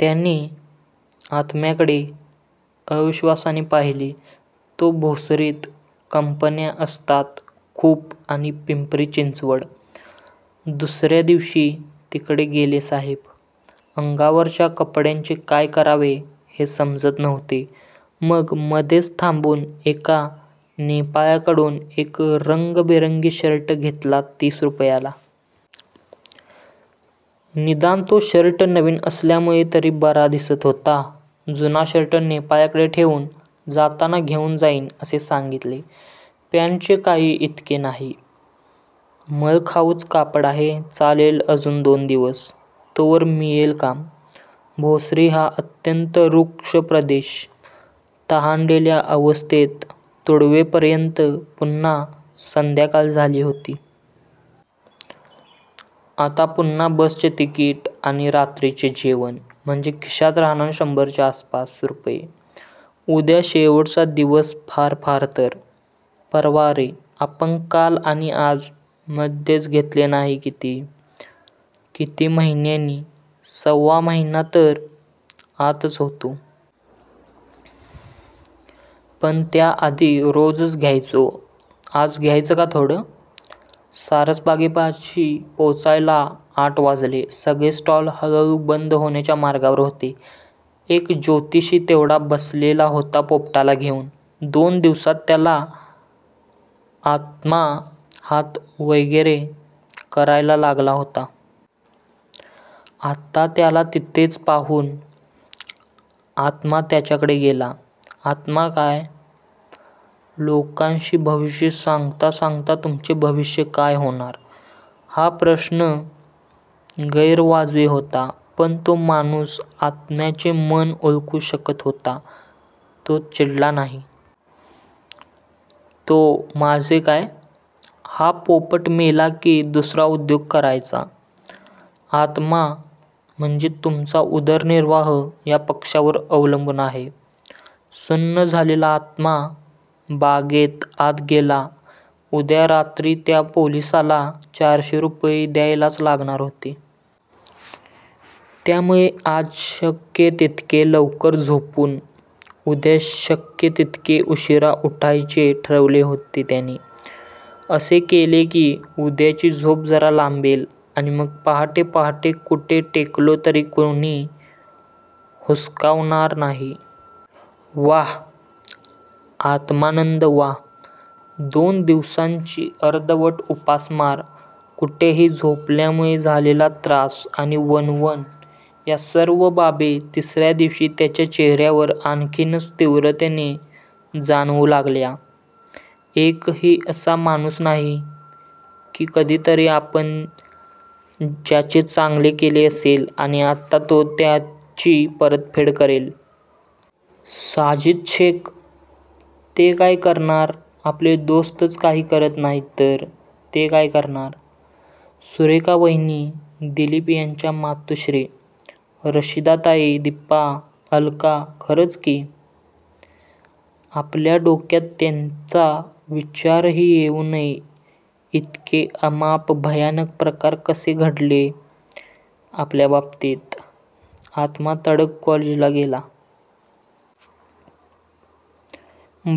त्याने आत्म्याकडे अविश्वासाने पाहिले. तो भोसरीत कंपन्या असतात खूप आणि पिंपरी चिंचवड! दुसर्या दिवशी तिकडे गेले साहेब! अंगावरच्या कपड्यांचे काय करावे हे समजत नव्हते. मग मध्येच थांबून एका नेपाळ्याकडुन एक रंगीबेरंगी शर्ट घेतला तीस रुपयाला! निदान तो शर्ट नवीन असल्यामुळे तरी बरा दिसत होता. जुना शर्ट नेपाळ्याकडे ठेवून 'जाताना घेऊन जाईन' असे सांगीतले. पँटचे काही इतके नाही. मळखाऊच कापड आहे. चालेल अजून दोन दिवस! तोवर मिळेल काम! भोसरी हा अत्यंत रुक्ष प्रदेश तहानलेल्या अवस्थेत तुडवेपर्यंत पुन्हा संध्याकाळ झाली होती. आता पुन्हा बसचे तिकीट आणि रात्रीचे जेवण! म्हणजे खिशात राहणार शंभरच्या आसपास रुपये! उद्या शेवटचा दिवस फार फार तर परवा अरे! आपण काल आणि आज, मद्यच घेतले नाही किती? किती महिन्यांनी, सव्वा महिना तर आतच होतो. पण त्या आधी रोजच घ्यायचो आज घ्यायचं का थोडं? सारसबागेपाशी पोचायला आठ वाजले. सगळे स्टॉल्स हळू-हळू बंद होण्याच्या मार्गावर होते. एक ज्योतिषी तेवढा बसलेला होता पोपटाला घेऊन! दोन दिवसात त्याला आत्मा हात वगैरे करायला लागला होता. आत्ता त्याला तिथेच पाहून आत्मा त्याच्याकडे गेला. आत्मा काय? लोकांची भविष्ये सांगता सांगता तुमचे भविष्य काय होणार? हा प्रश्न गैरवाजवी होता. पण तो माणूस आत्म्याचे मन ओळखू शकत होता. तो चिडला नाही. तो माझे काय? हा पोपट मेला की दुसरा उद्योग करायचा. आत्मा, म्हणजे तुमचा उदरनिर्वाह या पक्ष्यावर अवलंबून आहे? सुन्न झालेला आत्मा बागेत आत गेला. उद्या रात्री त्या पोलिसाला चारशे रुपये द्यायलाच लागणार होते. त्यामुळे आज शक्य तितके लवकर झोपून उद्या शक्य तितके उशीरा उठायचे ठरवले होते त्याने! असे केले की उद्याची झोप जरा लांबेल! आणि मग पहाटे पहाटे कुठे टेकलो तरी कोणी हुसकावणार नाही. व्वा आत्मानंद व्वा! दोन दिवसांची अर्धवट उपासमार, कुठेही झोपल्यामुळे झालेला त्रास आणि वणवण या सर्व बाबी तिसर्या दिवशी त्याच्या चेहर्यावर आणखीनच तीव्रतेने जाणवू लागल्या. एकही असा माणूस नाही? की कधीतरी आपण ज्याचे चांगले केले असेल आणि आत्ता तो त्याची परतफेड करेल? साजिद शेख? ते काय करणार आपले दोस्तच काही करत नाहीत तर ते काय करणार, सुरेखा वहिनी, दिलीप यांच्या मातु:श्री, रशिदाताई दीपा, अलका खरच की? आपल्या डोक्यात त्यांचा विचारही येऊ नये इतके अमाप भयानक प्रकार कसे घडले आपल्या बाबतीत, आत्मा तडक कॉलेजला गेला.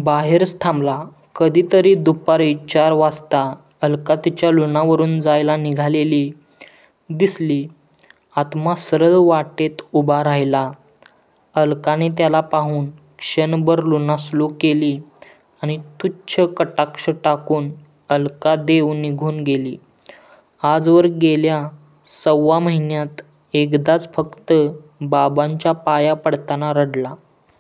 बाहेरच थांबला, कधीतरी दुपारी चार वाजता अलका तिच्या लुनावरून जायला निघालेली दिसली. आत्मा सरळ वाटेत उभा राहिला. अलकाने त्याला पाहून क्षणभर लुना स्लो केली आणि तुच्छ कटाक्ष टाकून अलका देव निघून गेली. आजवर, गेल्या सव्वा महिन्यात एकदाच फक्त बाबांच्या पाया पडताना रडला.